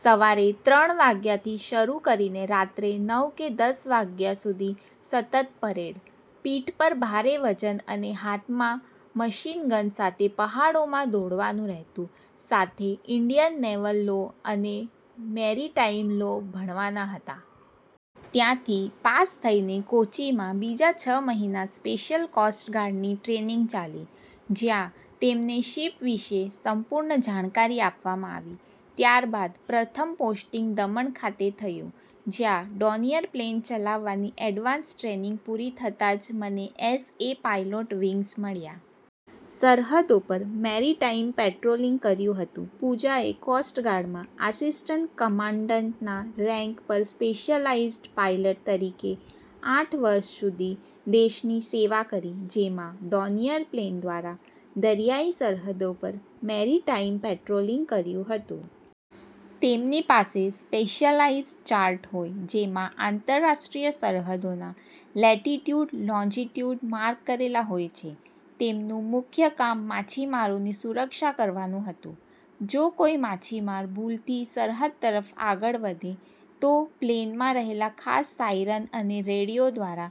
"સવારે ત્રણ વાગ્યાથી શરૂ કરીને રાત્રે નવ કે દસ વાગ્યા સુધી સતત પરેડ, પીઠ પર ભારે વજન અને હાથમાં મશીન ગન સાથે પહાડોમાં દોડવાનું રહેતું. સાથે ઇન્ડિયન નેવલ લો અને મેરિટાઇમ લો ભણવાના હતા. ત્યાંથી પાસ થઇને કોચીમાં બીજા છ મહિના સ્પેશિયલ કોસ્ટ ગાર્ડની ટ્રેનિંગ ચાલી. જ્યાં તેમને શિપ વિશે સંપૂર્ણ જાણકારી આપવામાં આવી. ત્યારબાદ પ્રથમ પોસ્ટિંગ દમણ ખાતે થયું, જ્યાં ડોનિયર પ્લેન ચલાવવાની એડવાન્સ ટ્રેનિંગ પૂરી થતાં જ મને એઝ એ પાયલોટ વિંગ્સ મળ્યા. સરહદો પર 'મેરિટાઇમ' પેટ્રોલિંગ કર્યું હતું." પૂજાએ કોસ્ટ ગાર્ડમાં આસિસ્ટન્ટ કમાન્ડન્ટના રેન્ક પર સ્પેશિયલાઇઝ્ડ પાયલટ તરીકે આઠ વર્ષ સુધી દેશની સેવા કરી. જેમાં 'ડોનિયર' પ્લેન દ્વારા દરિયાઈ સરહદો પર મેરિટાઇમ પેટ્રોલિંગ કર્યું હતું. તેમની પાસે સ્પેશિયલાઇઝ્ડ ચાર્ટ હોય. જેમાં આંતરરાષ્ટ્રીય સરહદોના લેટિટ્યૂડ, લોન્જિટ્યૂડ માર્ક કરેલા હોય છે. તેમનું મુખ્ય કામ માછીમારોની સુરક્ષા કરવાનું હતું. જો કોઇ માછીમાર ભૂલથી સરહદ તરફ આગળ વધે તો પ્લેનમાં રહેલા ખાસ સાયરન અને રેડિયો દ્વારા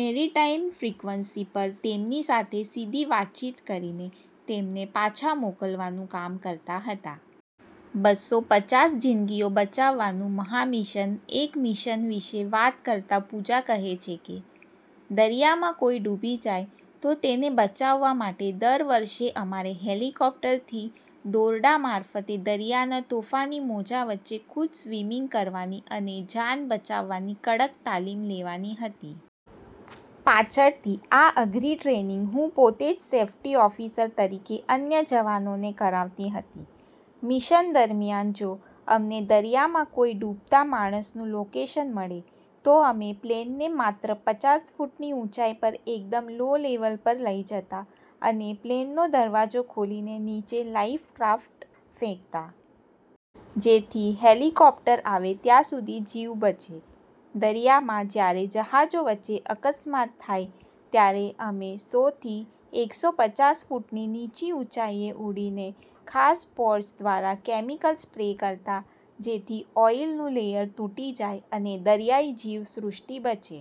મેરિટાઇમ ફ્રિક્વન્સી પર તેમની સાથે સીધી વાતચીત કરીને તેમને પાછા મોકલવાનું કામ કરતા હતા. બસો પચ્ચાસ જિંદગીઓ બચાવવાનું મહામિશન, એક મિશન વિશે વાત કરતા પૂજા કહે છે કે, "દરિયામાં કોઇ ડૂબી જાય તો તેને બચાવવા માટે દર વર્ષે અમારે હેલિકોપ્ટરથી દોરડા મારફતે દરિયાના તોફાની મોજાં વચ્ચે ખુદ સ્વિમિંગ કરવાની અને જાન બચાવવાની કડક તાલીમ લેવાની રહેતી. પાછળથી આ અઘરી ટ્રેનિંગ હું પોતે જ સેફ્ટી ઓફિસર તરીકે અન્ય જવાનોને કરાવતી હતી. મિશન દરમિયાન જો અમને દરિયામાં કોઇ ડૂબતા માણસનું લોકેશન મળે તો અમે પ્લેનને માત્ર પચ્ચાસ ફૂટની ઊંચાઇ પર એકદમ લો-લેવલ પર લઇ જતા અને પ્લેનનો દરવાજો ખોલીને નીચે લાઇફ ક્રાફ્ટ ફેંકતા. જેથી હેલિકોપ્ટર આવે ત્યાં સુધી જીવ બચે. દરિયામાં જ્યારે જહાજો વચ્ચે અકસ્માત થાય ત્યારે અમે સો થી એકસો પચ્ચાસ ફૂટની નીચી ઊંચાઇએ ઉડીને ખાસ પોડ્સ દ્વારા કેમિકલ સ્પ્રે કરતા, જેથી ઓઇલનું લેયર તૂટી જાય અને દરિયાઇ જીવ સૃષ્ટિ બચે."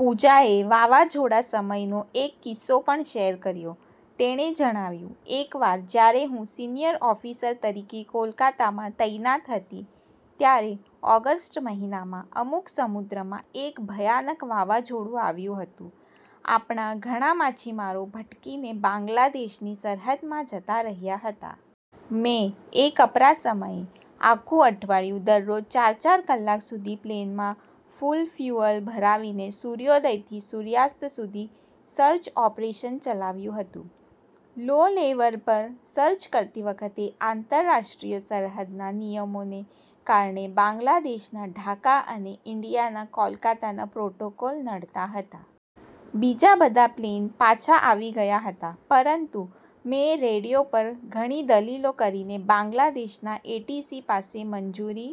પૂજાએ વાવાઝોડા સમયનો એક કિસ્સો પણ શેર કર્યો. તેણે જણાવ્યું, "એકવાર જ્યારે હું સિનિયર ઓફિસર તરીકે કોલકાતામાં તૈનાત હતી, ત્યારે ઓગસ્ટ મહિનામાં સમુદ્રમાં એક ભયાનક વાવાઝોડું આવ્યું હતું. આપણા ઘણા માછીમારો ભટકીને બાંગ્લાદેશની સરહદમાં જતા રહ્યાં હતા. મેં એ કપરા સમયે આખું અઠવાડિયું દરરોજ ચાર-ચાર કલાક સુધી પ્લેનમાં ફૂલ ફયૂઅલ ભરાવીને સૂર્યોદયથી સૂર્યાસ્ત સુધી સર્ચ ઓપરેશન ચલાવ્યું હતું. લો-લેવલ પર સર્ચ કરતી વખતે આંતરરાષ્ટ્રીય સરહદના નિયમોને કારણે બાંગ્લાદેશના ઢાકા અને ઇન્ડિયાના કોલકાતાના પ્રોટોકોલ નડતા હતા. બીજા બધા પ્લેન પાછા આવી ગયા હતા પરંતુ મેં રેડિયો પર ઘણી દલીલો કરીને બાંગ્લાદેશના એટીસી પાસે મંજૂરી